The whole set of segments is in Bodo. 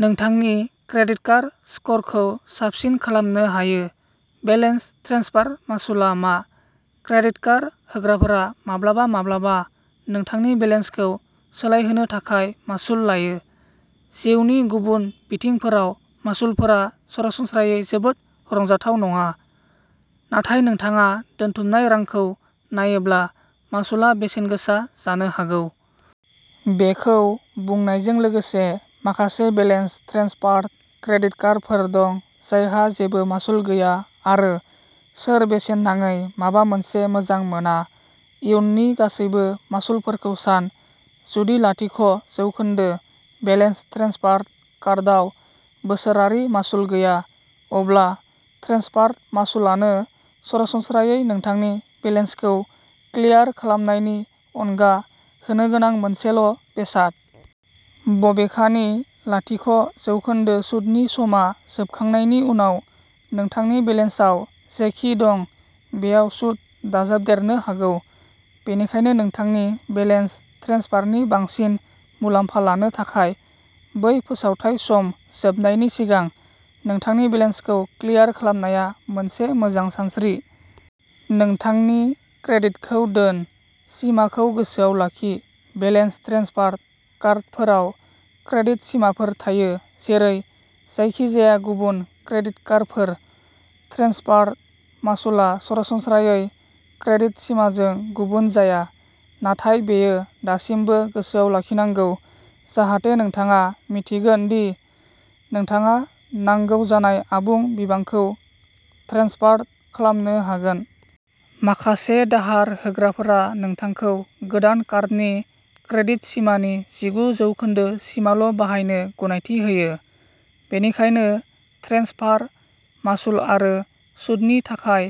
नोंथांनि क्रेडिट स्करखौ साबसिन खालामनो हायो। बेलेन्स ट्रेन्सफार मासुलआ मा? क्रेडिट कार्ड होग्राफोरा माब्लाबा-माब्लाबा नोंथांनि बेलेन्सखौ सोलायहोनो थाखाय मासुल लायो। जिउनि गुबुन बिथिंफोराव मासुलफोरा सरासनस्रायै जोबोद रंजाथाव नङा। नाथाय नोंथाङा दोनथुमनाय रांखौ नायोब्ला, मासुलआ बेसेनगोसा जानो हागौ। बेखौ बुंनायजों लोगोसे, माखासे बेलेन्स ट्रेन्सफार क्रेडिट कार्डफोर दं जायहा जेबो मासुल गैया आरो सोर बेसेन नाङै माबा मोनसे मोजां मोना? इयुननि गासैबो मासुलफोरखौ सान। जुदि लाथिक' जौखोन्दो बेलेन्स ट्रेन्सफार कार्डआव बोसोरारि मासुल गैया, अब्ला ट्रेन्सफार मासुलानो सरासनस्रायै नोंथांनि बेलेन्सखौ क्लियार खालामनायनि अनगा होनो गोनां मोनसेल' बेसाद। बबेखानि, लाथिक' जौखोन्दो सुतनि समआ जोबखांनायनि उनाव, नोंथांनि बेलेन्सआव जेखि दं बेयाव सुद दाजाबदेरनो हागौ। बेनिखायनो नोंथांनि बेलेन्स ट्रेन्सफारनि बांसिन मुलाम्फा लानो थाखाय, बै फोसावथाय सम जोबनायनि सिगां नोंथांनि बेलेन्सखौ क्लियार खालामनाया मोनसे मोजां सानस्रि। नोंथांनि क्रेडिटखौ दोन। सिमाखौ गोसोआव लाखि। बेलेन्स ट्रेन्सफार कार्डफोराव क्रेडिट सिमाफोर थायो जेरै जायखिजाया गुबुन क्रेडिट कार्डफोर। ट्रेन्सफार मासुलआ सरासनस्रायै क्रेडिट सिमाजों गुबुन जाया, नाथाय बेयो दासिमबो गोसोआव लाखिनांगौ जाहाथे नोंथाङा मिन्थिगोन दि नोंथाङा नांगौ जानाय आबुं बिबांखौ ट्रेन्सफार खालामनो हागोन। माखासे दाहार होग्राफोरा नोंथांखौ गोदान कार्डनि क्रेडिट सिमानि गुजि जौखोन्दो सिमाल' बाहायनो गनायथि होयो, बेनिखायनो ट्रेन्सफार मासुल आरो सुतनि थाखाय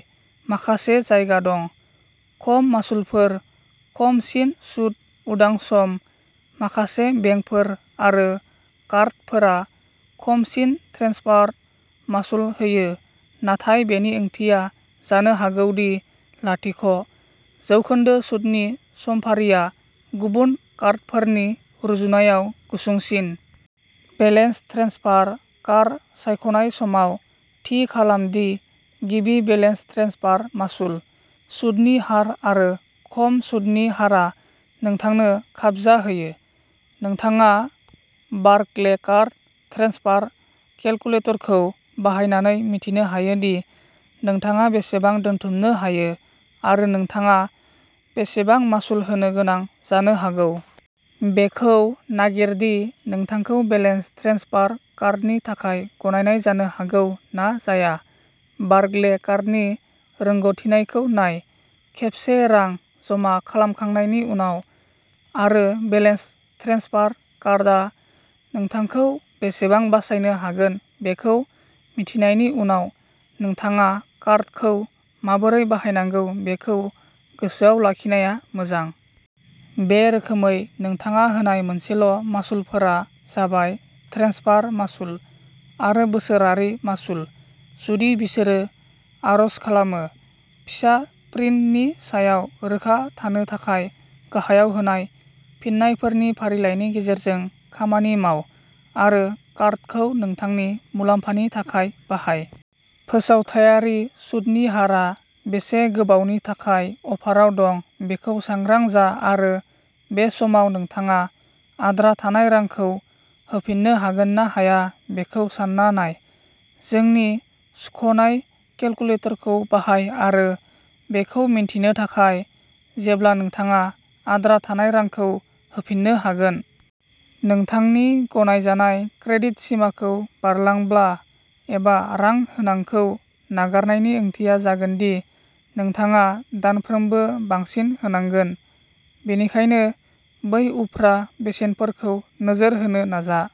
माखासे जायगा दं। खम मासुलफोर। खमसिन सुत उदां सम। माखासे बेंकफोर आरो कार्डफोरा खमसिन ट्रेन्सफार मासुल होयो नाथाय बेनि ओंथिया जानो हागौ दि लाथिक' जौखोन्दो सुतनि समफारिआ गुबुन कार्डफोरनि रुजुनायाव गुसुंसिन। बेलेन्स ट्रेन्सफार कार्ड सायख'नाय समाव, थि खालाम दि गिबि बेलेन्स ट्रेन्सफार मासुल, सुतनि हार आरो खम सुतनि हारआ नोंथांनो खाबजाहोयो। नोंथाङा बार्कलेकार्ड ट्रेन्सफार केलकुलेटरखौ बाहायनानै मिथिनो हायो दि नोंथाङा बेसेबां दोनथुमनो हायो आरो नोंथाङा बेसेबां मासुल होनो गोनां जानो हागौ। बेखौ नागिर दि नोंथांखौ बेलेन्स ट्रेन्सफार कार्डनि थाखाय गनायनाय जानो हागौ ना जाया, बार्कलेकार्डनि रोंग'थि नायखौ नाय। खेबसे रां जमा खालामखांनायनि उनाव आरो बेलेन्स ट्रेन्सफार कार्डआ नोंथांखौ बेसेबां बासायनो हागोन बेखौ मिथिनायनि उनाव, नोंथाङा कार्डखौ माबोरै बाहायनांगौ बेखौ गोसोआव लाखिनाया मोजां। बे रोखोमै, नोंथाङा होनाय मोनसेल' मासुलफोरा जाबाय ट्रेन्सफार मासुल आरो बोसोरारि मासुल, जुदि बिसोरो आर'ज खालामो। फिसा प्रिन्टनि सायाव रोखा थानो थाखाय गाहायाव होनाय सान्नायफोरनि फारिलाइनि गेजेरजों खामानि माव आरो कार्डखौ नोंथांनि मुलाम्फानि थाखाय बाहाय। फोसावथायारि सुतनि हारआ बेसे गोबावनि थाखाय अफाराव दं बेखौ सांग्रां जा आरो बे समाव नोंथाङा आद्रा थानाय रांखौ होफिननो हागोन ना हाया बेखौ सान्ना नाय। जोंनि सुख'नाय केलकुलेटरखौ बाहाय आरो बेखौ मिथिनो थाखाय जेब्ला नोंथाङा आद्रा थानाय रांखौ होफिननो हागोन। नोंथांनि गनायजानाय क्रेडिट सिमाखौ बारलांब्ला एबा रां होनांखौ नागारनायनि ओंथिया जागोन दि नोंथाङा दानफ्रोमबो बांसिन होनांगोन, बेनिखायनो बै उफ्रा बेसेनफोरखौ नोजोर होनो नाजा।